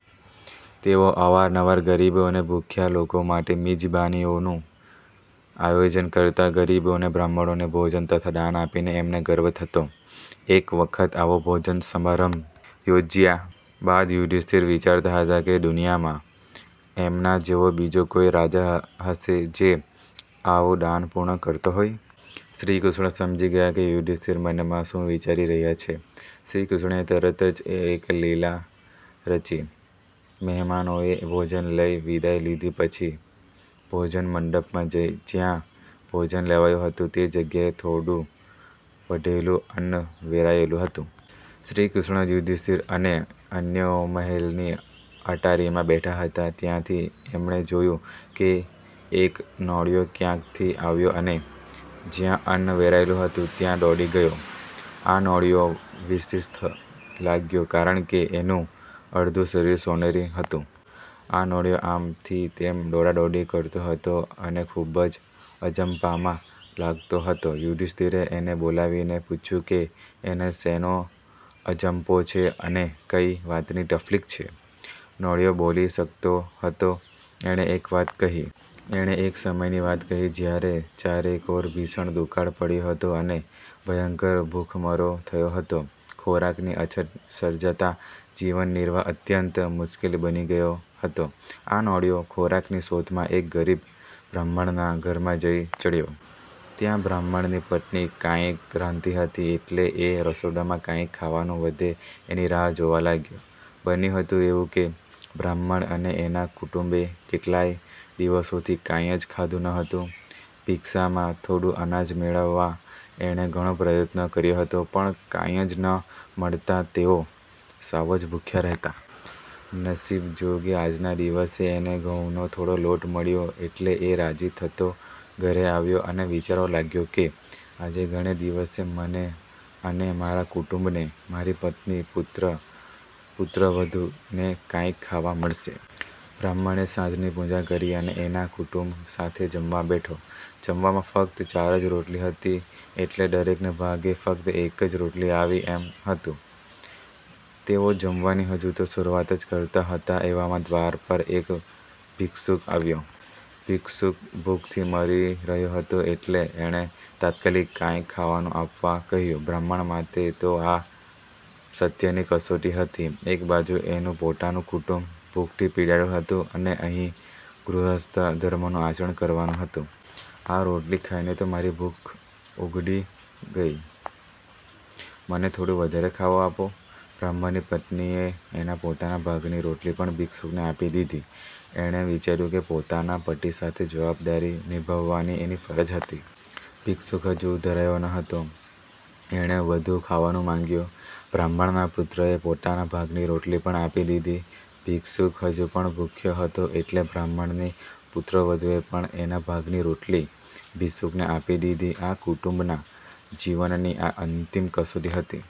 તેઓ અવારનવાર ગરીબો અને ભૂખ્યા લોકો માટે મિજબાનીઓનું આયોજન કરતા. ગરીબો અને બ્રાહ્મણોને ભોજન તથા દાન આપીને એમને ગર્વ થતો. એક વખત આવો ભોજન સમારંભ યોજયા બાદ યુધિષ્ઠિર વિચારતા હતા કે દુનિયામાં એમના જેવો બીજો કોઈ રાજા હશે જે આવું દાનપૂણ્ય કરતો હોય? શ્રીકૃષ્ણ સમજી ગયા કે યુધિષ્ઠિર મનમાં શું વિચારી રહ્યા છે. શ્રીકૃષ્ણએ તરત જ એક લીલા રચી! મહેમાનોએ ભોજન લઇ વિદાઈ લીધી પછી ભોજનમંડપમાં જયાં ભોજન લેવાયું હતું તે જગ્યાએ થોડું વધેલું અન્ન વેરાયેલું હતું. શ્રીકૃષ્ણ, યુધિષ્ઠિર અને અન્યો મહેલની અટારીમાં બેઠા હતા ત્યાંથી એમણે જોયું કે એક નોળિયો ક્યાંકથી આવ્યો અને જયાં અન્ન વેરાયેલું હતું ત્યાં દોડી ગયો. આ નોળિયો વિશિષ્ઠ લાગ્યો કારણકે એનું અડધું શરીર સોનેરી હતું! આ નોળિયો આમ થી તેમ દોડાદોડી કરતો હતો અને ખુબ જ અજંપામાં લાગતો હતો. યુધિષ્ઠિરે એને બોલાવીને પૂછ્યું કે એને શેનો અજંપો છે અને કઈ વાતની તકલીફ છે? નોળિયો બોલી શકતો હતો. એણે એક વાત કહી. એણે એક સમયની વાત કહી જયારે ચારેકોર ભીષણ દુકાળ પડ્યો હતો અને ભયંકર ભૂખમરો થયો હતો. ખોરાકની અછત સર્જાતાં જીવનનિર્વાહ અત્યંત મુશ્કેલ બની ગયો હતો. આ નોળિયો ખોરાકની શોધમાં એક ગરીબ બ્રાહ્મણના ઘરમાં જઈ ચડ્યો. ત્યાં બ્રાહ્મણની પત્ની કાંઇક રાંધતી હતી એટલે એ રસોડામાં કાંઇક ખાવાનું વધે એની રાહ જોવા લાગ્યો. બન્યું હતું એવું કે બ્રાહ્મણ અને એના કુટુંબે કેટલાય દિવસોથી કાંઈ જ ખાધું નહોતું. ભિક્ષામાં થોડું અનાજ મેળવવા એણે ઘણો પ્રયત્ન કર્યો હતો પણ કાંઈ જ ન મળતાં તેઓ સાવ જ ભૂખ્યા રહેતા. નસીબ જોગે આજના દિવસે એને ઘઉંનો થોડો લોટ મળ્યો એટલે એ રાજી થતો ઘરે આવ્યો અને વિચારવા લાગ્યો કે આજે ઘણે દિવસે મને અને મારા કુટુંબને મારી પત્ની, પુત્ર, પુત્રવધૂ ને કાંઈક ખાવા મળશે. બ્રાહ્મણે સાંજની પૂજા કરી અને એના કુટુંબ સાથે જમવા બેઠો. જમવામાં ફક્ત ચાર જ રોટલી હતી એટલે દરેકને ભાગે ફક્ત એક જ રોટલી આવે એમ હતું! તેઓ જમવાની હજુ તો શરૂઆત જ કરતા હતા એવામાં દ્વાર પર એક ભિક્ષુક આવ્યો. ભિક્ષુક ભૂખથી મરી રહ્યો હતો એટલે એણે તાત્કાલિક કાંઇક ખાવાનું આપવા કહ્યું. બ્રાહ્મણ માટે તો આ સત્યની કસોટી હતી! એક બાજુ એનું પોતાનું કુટુંબ ભૂખથી પીડાતું હતું અને અહીં ગૃહસ્થ ધર્મનું આચરણ કરવાનું હતું! આ રોટલી ખાઈને તો મારી ભૂખ ઉઘડી ગઈ. મને થોડું વધારે ખાવા આપો". બ્રાહ્મણની પત્નીએ એના પોતાના ભાગની રોટલી પણ ભિક્ષુકને આપી દીધી. એણે વિચાર્યું કે પોતાના પતિ સાથે જવાબદારી નિભાવવાની એની ફરજ હતી. ભિક્ષુક હજુ ધરાયો નહોતો. એણે વધુ ખાવાનું માંગ્યું. બ્રાહ્મણના પુત્રએ પોતાના ભાગની રોટલી પણ આપી દીધી. ભિક્ષુક હજુ પણ ભૂખ્યો હતો એટલે બ્રાહ્મણની પુત્રવધૂએ પણ એના ભાગની રોટલી ભિક્ષુકને આપી દીધી. આ કુટુંબના જીવનની આ અંતિમ કસોટી હતી.